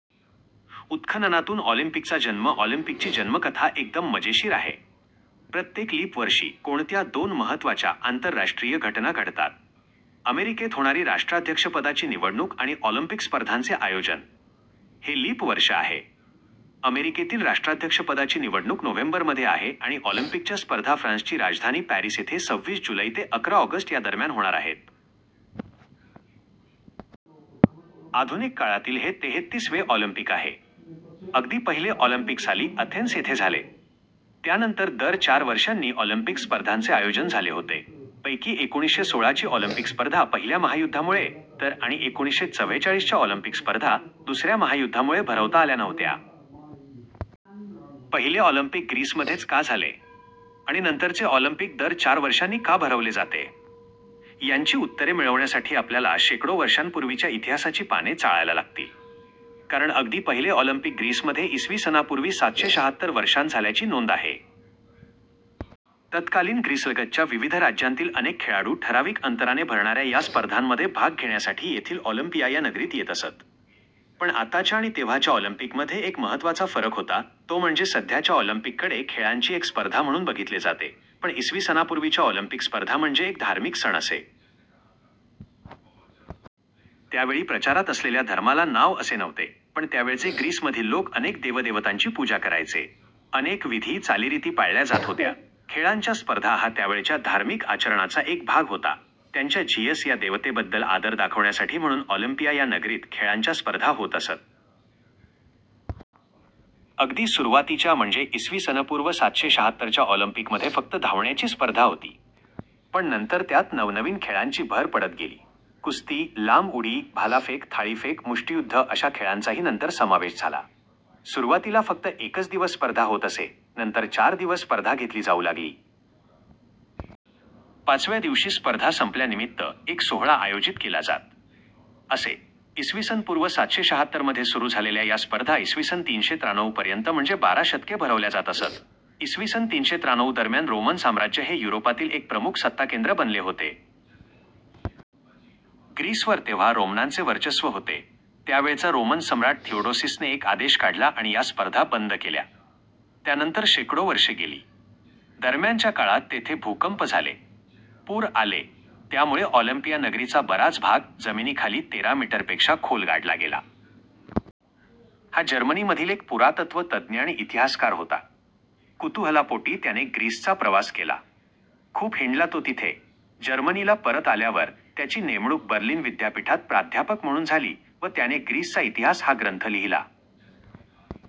उत्खननातून ऑलिम्पिकचा जन्म ऑलिम्पिकची जन्मकथा एकदम मजेशीर आहे. प्रत्येक लीप वर्षी कोणत्या दोन महत्त्वाच्या आंतरराष्ट्रीय घटना घडतात? अमेरिकेत होणारी राष्ट्राध्यक्षपदाची निवडणूक आणि ऑलिम्पिक स्पर्धांचे आयोजन! हे लीप वर्ष आहे. अमेरिकेतील राष्ट्राध्यक्षपदाची निवडणूक नोव्हेंबरमध्ये आहे, आणि ऑलिम्पिकच्या स्पर्धा फ्रान्सची राजधानी पॅरिस येथे सव्वीस जुलै ते अकरा ऑगस्ट या दरम्यान होणार आहेत. आधुनिक काळातील हे तेहत्तीस वे ऑलिम्पिक आहे. अगदी पहिले ऑलिम्पिक साली अथेन्स येथे झाले. त्यानंतर दर चार वर्षांनी ऑलिम्पिक स्पर्धांचे आयोजन झाले होते. पैकी एकोणीसशे सोळा ची ऑलिम्पिक स्पर्धा पहिल्या महायुद्धामुळे, तर आणि एकोणीसशे चव्वेचाळीस च्या ऑलिम्पिक स्पर्धा दुसऱ्या महायुद्धामुळे भरवता आल्या नव्हत्या. पहिले ऑलिम्पिक ग्रीसमध्येच का झाले? आणि नंतरचे ऑलिम्पिक दर चार वर्षांनी का भरवले जाते? यांची उत्तरे मिळवण्यासाठी आपल्याला शेकडो वर्षांपूर्वीच्या इतिहासाची पाने चाळायला लागतील. कारण अगदी पहिले ऑलिम्पिक ग्रीसमध्ये इसवी सनापूर्वी सातशे शहात्तर वर्षांत झाल्याची नोंद आहे. तत्कालीन ग्रीसलगतच्या विविध राज्यांतील अनेक खेळाडू, ठरावीक अंतराने भरणाऱ्या या स्पर्धांमध्ये भाग घेण्यासाठी तेथील ऑलिम्पिया या नगरीत येत असत. पण आताच्या आणि तेव्हाच्या ऑलिम्पिकमध्ये एक महत्त्वाचा फरक होता, तो म्हणजे सध्याच्या ऑलिम्पिककडे खेळांची एक स्पर्धा म्हणून बघितले जाते, पण इसवी सनापूर्वीच्या ऑलिम्पिक स्पर्धा म्हणजे एक धार्मिक सण असे. त्यावेळी प्रचारात असलेल्या धर्माला नाव असे नव्हते, पण त्यावेळचे ग्रीसमधील लोक अनेक देवदेवतांची पूजा करायचे. अनेक विधी, चालीरीती पाळल्या जात होत्या. खेळांच्या स्पर्धा हा त्यावेळच्या धार्मिक आचरणाचा एक भाग होता. त्यांच्या झीयस या देवतेबद्दल आदर दाखवण्यासाठी म्हणून ऑलिम्पिया या नगरीत खेळांच्या स्पर्धा होत असत. अगदी सुरुवातीच्या म्हणजे इसवी सनपूर्व सातशे शहात्तर च्या ऑलिम्पिकमध्ये फक्त धावण्याची स्पर्धा होती. पण नंतर त्यात नवनवीन खेळांची भर पडत गेली. कुस्ती, लांब उडी, भालाफेक, थाळीफेक, मुष्टियुद्ध अशा खेळांचाही नंतर समावेश झाला. सुरुवातीला फक्त एकच दिवस स्पर्धा होत असे, नंतर चार दिवस स्पर्धा घेतली जाऊ लागली. पाचव्या दिवशी स्पर्धा संपल्यानिमित्त एक सोहळा आयोजित केला जात असे. इसवी सन पूर्व सातशे शहात्तर मध्ये सुरू झालेल्या या स्पर्धा इसवी सन तीनशे त्रानऊ पर्यंत म्हणजे बारा शतके भरवल्या जात असत. इसवी सन तीनशे त्रानऊ दरम्यान रोमन साम्राज्य हे युरोपातील एक प्रमुख सत्ताकेंद्र बनले होते. ग्रीसवर तेव्हा रोमनांचे वर्चस्व होते. त्यावेळचा रोमन सम्राट थिओडोसीसने एक आदेश काढला आणि या स्पर्धा बंद केल्या. त्यानंतर शेकडो वर्षे गेली. दरम्यानच्या काळात तेथे भूकंप झाले. पूर आले. त्यामुळे ऑलिम्पिया नगरीचा बराच भाग जमिनीखाली तेरा मीटरपेक्षा खोल गाडला गेला. हा जर्मनीमधील एक पुरातत्त्व तज्ज्ञ आणि इतिहासकार होता. कुतूहलापोटी त्याने ग्रीसचा प्रवास केला. खूप हिंडला तो तिथे. जर्मनीला परत आल्यावर त्याची नेमणूक बर्लिन विद्यापीठात प्राध्यापक म्हणून झाली व त्याने ग्रीसचा इतिहास हा ग्रंथ लिहिला.